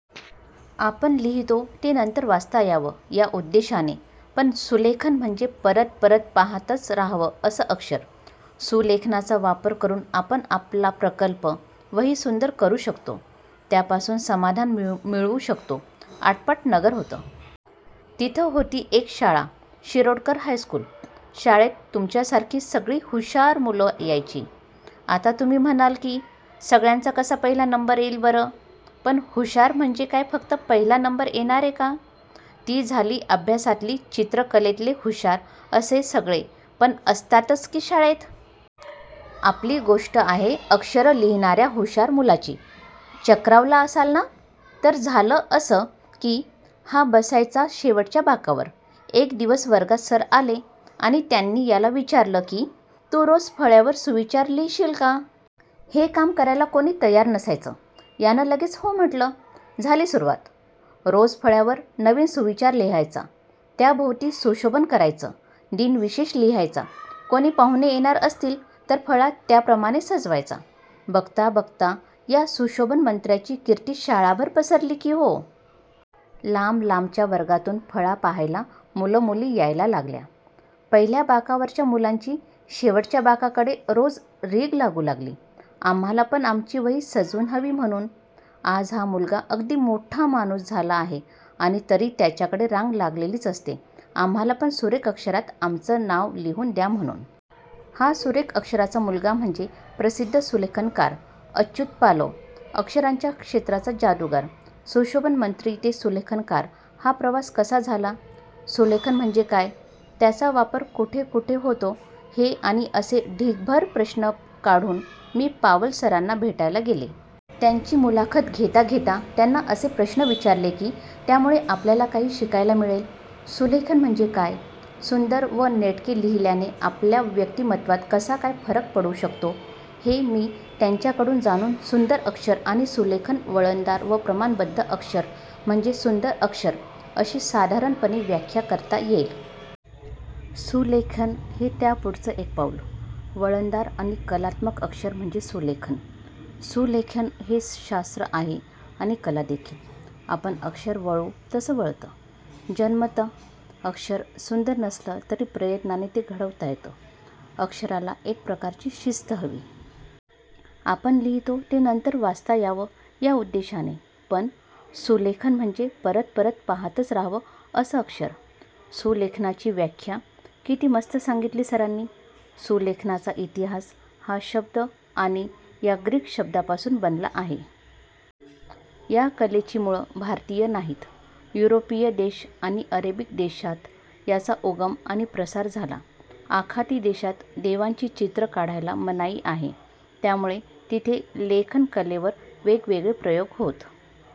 आपण लिहितो ते नंतर वाचता यावं या उद्देशाने, पण सुलेखन म्हणजे परत परत पाहताच राहावं असं अक्षर. सुलेखनाचा वापर करून आपण आपला प्रकल्प, वही सुंदर करू शकतो. त्यापासून समाधान मिळवू शकतो. आटपाट नगर होतं. तिथं होती एक शाळा- शिरोडकर हायस्कूल! शाळेत तुमच्यासारखी सऽऽगळी हुश्शार मुलं यायची. आता तुम्ही म्हणाल की, सगळ्यांचा कसा पहिला नंबर येईल बरं? पण हुशार म्हणजे काय फक्त पहिला नंबर येणारे का? ती झाली अभ्यासातली चित्रकलेतले हुशार असे सगळे पण असतातच की शाळेत! आपली गोष्ट आहे अक्षरं लिहिणाऱ्या हुशार मुलाची. चक्रावला असाल ना? तर झालं असं की, हा बसायचा शेवटच्या बाकावर. एक दिवस वर्गात सर आले आणि त्यांनी याला विचारलं की, तू रोज फळ्यावर सुविचार लिहिशील का? हे काम करायला कोणी तयार नसायचं. यानं लगेच हो म्हटलं. झाली सुरुवात. रोज फळ्यावर नवीन सुविचार लिहायचा, त्याभोवती सुशोभन करायचं, दिनविशेष लिहायचा, कोणी पाहुणे येणार असतील तर फळा त्याप्रमाणे सजवायचा. बघता-बघता या सुशोभनमंत्र्याची कीर्ती शाळाभर पसरली की हो! लांब-लांबच्या वर्गातून फळा पाहायला मुलं-मुली यायला लागल्या. पहिल्या बाकावरच्या मुलांची शेवटच्या बाकाकडे रोज रीघ लागू लागली, आम्हांला पण आमची वही सजवून हवी म्हणून. आज हा मुलगा अगदी मोठ्ठा माणूस झाला आहे आणि तरी त्याच्याकडे रांग लागलेलीच असते, आम्हांलापण सुरेख अक्षरात आमचं नाव लिहून द्या म्हणून. हा सुरेख अक्षराचा मुलगा म्हणजे प्रसिद्ध सुलेखनकार-अच्युत पालव. अक्षरांच्या क्षेत्राचा जादूगार! सुशोभनमंत्री ते सुलेखनकार हा प्रवास कसा झाला? सुलेखन म्हणजे काय? त्याचा वापर कुठे कुठे होतो हे आणि असे ढीऽऽगभर प्रश्न काढून मी पालवसरांना भेटायला गेले. त्यांची मुलाखत घेता घेता त्यांना असे प्रश्न विचारले की, त्यामुळे आपल्याला काही शिकायला मिळेल. सुलेखन म्हणजे काय, सुंदर व नेटके लिहिल्याने आपल्या व्यक्तिमत्त्वात कसा काय फरक पडू शकतो, हे मी त्यांच्याकडून जाणून सुंदर अक्षर आणि सुलेखन वळणदार व प्रमाणबद्ध अक्षर म्हणजे सुंदर अक्षर अशी साधारणपणे व्याख्या करता येईल. सुलेखन हे त्यापुढचं एक पाऊल. वळणदार आणि कलात्मक अक्षर म्हणजे सुलेखन! सुलेखन हे शास्त्र आहे आणि कलादेखील. आपण अक्षर वळवू तसं वळतं. जन्मत अक्षर सुंदर नसलं तरी प्रयत्नाने ते घडवता येतं. अक्षराला एक प्रकारची शिस्त हवी. आपण लिहितो ते नंतर वाचता यावं या उद्देशाने, पण सुलेखन म्हणजे परत परत पाहतच राहावं असं अक्षर. सुलेखनाची व्याख्या किती मस्त सांगितली सरांनी! सुलेखनाचा इतिहास हा शब्द आणि या ग्रीक शब्दांपासून बनला आहे. या कलेची मुळं भारतीय नाहीत. युरोपीय देश आणि अरेबिक देशात याचा उगम आणि प्रसार झाला. आखाती देशात देवांची चित्रं काढायला मनाई आहे, त्यामुळे तिथे लेखनकलेवर वेगवेगळे प्रयोग होत